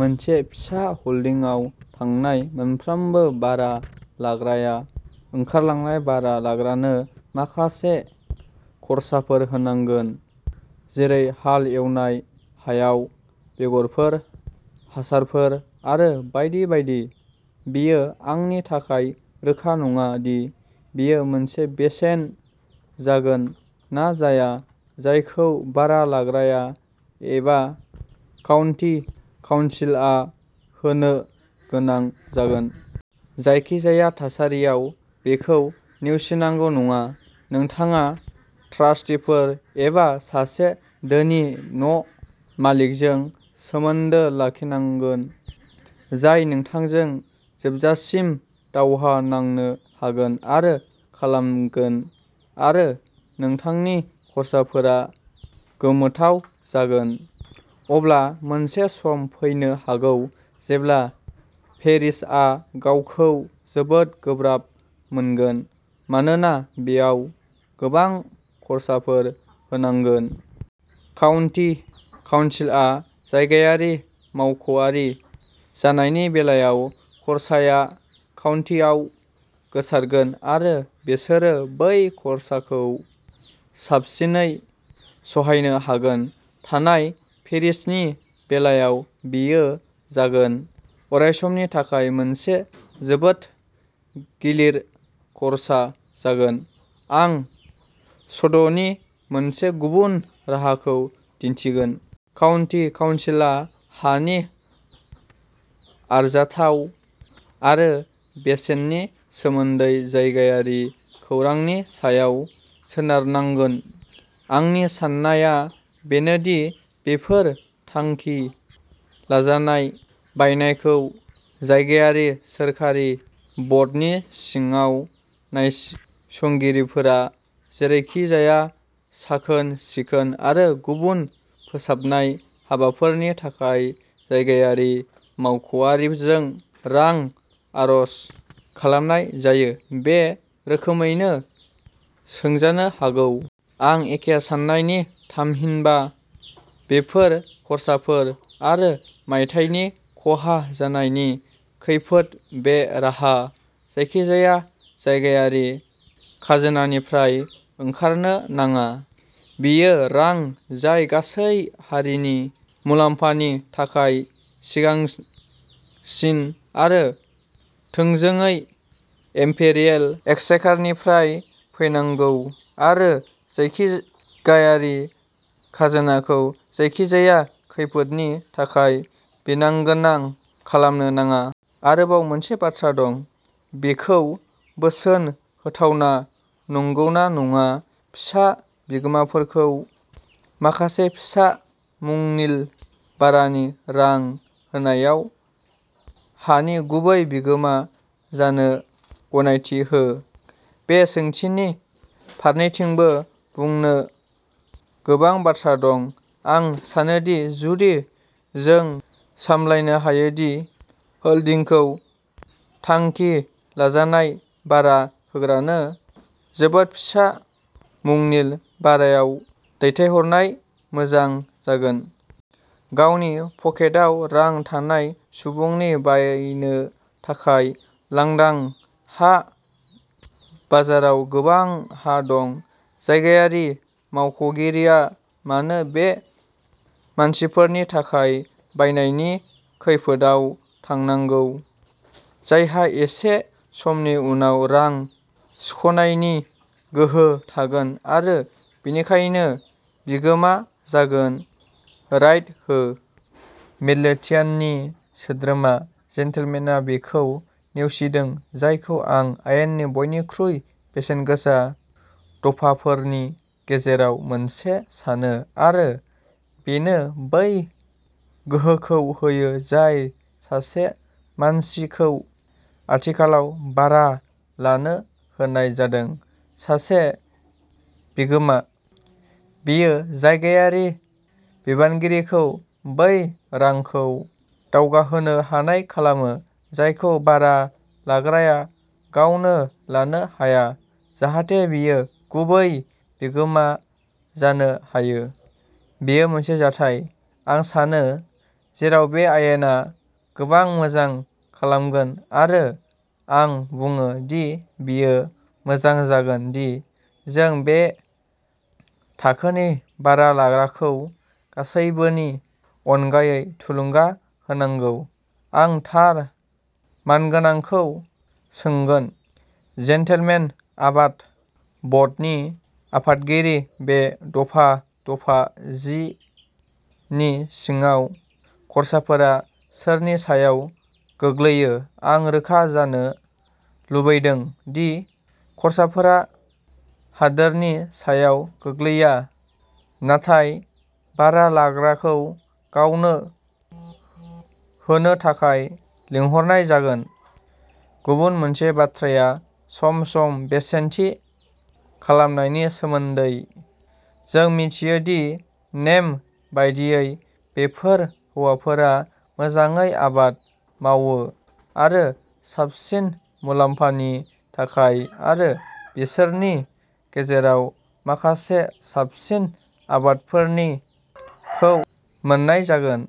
मोनसे फिसा ह'ल्डिंआव थांनाय मोनफ्रोमबो भारा लाग्राया ओंखारलांनाय भारा लाग्रानो माखासे खर्साफोर होनांगोन, जेरै हाल एवनाय, हायाव बेगरफोर, हासारफोर आरो बायदि बायदि। बेयो आंनि थाखाय रोखा नङा दि बेयो मोनसे बेसेन जागोन ना जाया जायखौ भारा लाग्राया एबा काउन्टि काउन्सिलआ होनो गोनां जागोन। जायखिजाया थासारियाव बेखौ नेवसिनांगौ नङा। नोंथाङा ट्रास्टिफोर एबा सासे धोनि न' मालिकजों सोमोन्दो लाखिनांगोन, जाय नोंथांजों जोबजासिम दावहा नांनो हागोन आरो खालामगोन आरो नोंथांनि खर्साफोरा गोमोथाव जागोन। अब्ला मोनसे सम फैनो हागौ जेब्ला पेरिसआ गावखौ जोबोद गोब्राब मोनगोन, मानोना बेयाव गोबां खर्साफोर होनांगोन। काउन्टि काउन्सिलआ जायगायारि मावख'आरि जानायनि बेलायाव खरसाया काउन्टिआव गोसारगोन आरो बिसोरो बै खरसाखौ साबसिनै सहायनो हागोन नाथाय पेरिसनि बेलायाव बेयो जागोन। अरायसमनि थाखाय मोनसे जोबोद गिलिर खर्सा जागोन। आं सदननि मोनसे गुबुन राहाखौ दिन्थिगोन। काउन्टि काउनसिला हानि आरजाथाव आरो बेसेननि सोमोन्दै जायगायारि खौरांनि सायाव सोनारनांगोन। आंनि साननाया बेनो दि बेफोर थांखि लाजानाय बायनायखौ जायगायारि सोरखारि बर्डनि सिङाव नायसंगिरिफोरा जेरैखिजाया साखोन-सिखोन आरो गुबुन फोसाबनाय हाबाफोरनि थाखाय जायगायारि मावख'आरिजों रां आर'ज खालामनाय जायो, बे रोखोमैनो सोंजानो हागौ। आं एखे साननायनि थामहिनबा, बेफोर खर्साफोर आरो मायथाइनि खहा जानायनि खैफोद बे राङा जायखिजाया जायगायारि खाजोनानिफ्राय ओंखारनो नाङा। बेयो रां जाय गासै हारिनि मुलाम्फानि थाखाय सिगांसिन आरो थोंजोङै इम्पेरियेल एक्सचेकारनिफ्राय फैनांगौ आरो जायगायारि खाजोनाखौ जायखिजाया खैफोदनि थाखाय बिबानगोनां खालामनो नाङा। आरोबाव मोनसे बाथ्रा दं, बेखौ बोसोन होथावना नंगौना नङा। फिसा बिगोमाफोरखौ माखासे फिसा मुंनिल' भारानि रां होनायाव हानि गुबै बिगोमा जानो गनायथि हो। बे सोंथिनि फारनैथिंबो बुंनो गोबां बाथ्रा दं। आं सानो दि जुदि जों सामलायनो हायो दि होल्डिंखौ थांखि लाजानाय भारा होग्रानो जोबोद फिसा मुंनिल' भारायाव दैथायहरनाया मोजां जागोन। गावनि पकेटाव रां थानाय सुबुंनि बायनो थाखाय लांदां हा बाजाराव गोबां हा दं। जायगायारि मावख'गिरिआ मानो बे मानसिफोरनि थाखाय बायनायनि खैफोदआव थांनांगौ, जायहा एसे समनि उनाव रां सुख'नायनि गोहो थागोन आरो बेनिखायनो बिगोमा जागोन राइट होन। मिडलोथियाननि सोद्रोमा जेनटेलमेनआ बेखौ नेवसिदों जायखौ आं आयेननि बयनिख्रुइ बेसेनगोसा दफाफोरनि गेजेराव मोनसे सानो आरो बेनो बै गोहोखौ होयो जाय सासे मानसिखौ आथिखालाव भारा लानो होनाय जादों। सासे बिगोमा। बेयो जायगायारि बिबानगिरिखौ बै रांखौ दावगाहोनो हानाय खालामो, जायखौ भारा लाग्राया गावनो लानो हाया, जाहाथे बियो गुबै बिगोमा जानो हायो। बेयो मोनसे जाथाय, आं सानो, जेराव बे आयेना गोबां मोजां खालामगोन आरो आं बुङो दि बेयो मोजां जागोन दि जों बे थाखोनि भारा लाग्राखौ गासैबोनि अनगायै थुलुंगा होनांगौ। आं थार मानगोनांखौ सोंगोन। जेन्टलमेन, आबाद बर्डनि आफादगिरि, बे दफा-दफा जि नि सिङाव खर्साफोरा सोरनि सायाव गोग्लैयो आं रोखा जानो लुबैदों दि खर्साफोरा हादोरनि सायाव गोग्लैया, नाथाय भारा लाग्राखौ गावनो होनो थाखाय लिंहरनाय जागोन। गुबुन मोनसे बाथ्राया सम-सम बेसेन थि खालामनायनि सोमोनदै। जों मिथियो दि नेम बायदियै बेफोर हौवाफोरा मोजाङै आबाद मावो आरो साबसिन मुलाम्फानि थाखाय आरो बिसोरनि गेजेराव माखासे साबसिन आबादारिफोरखौ मोन्नाय जागोन।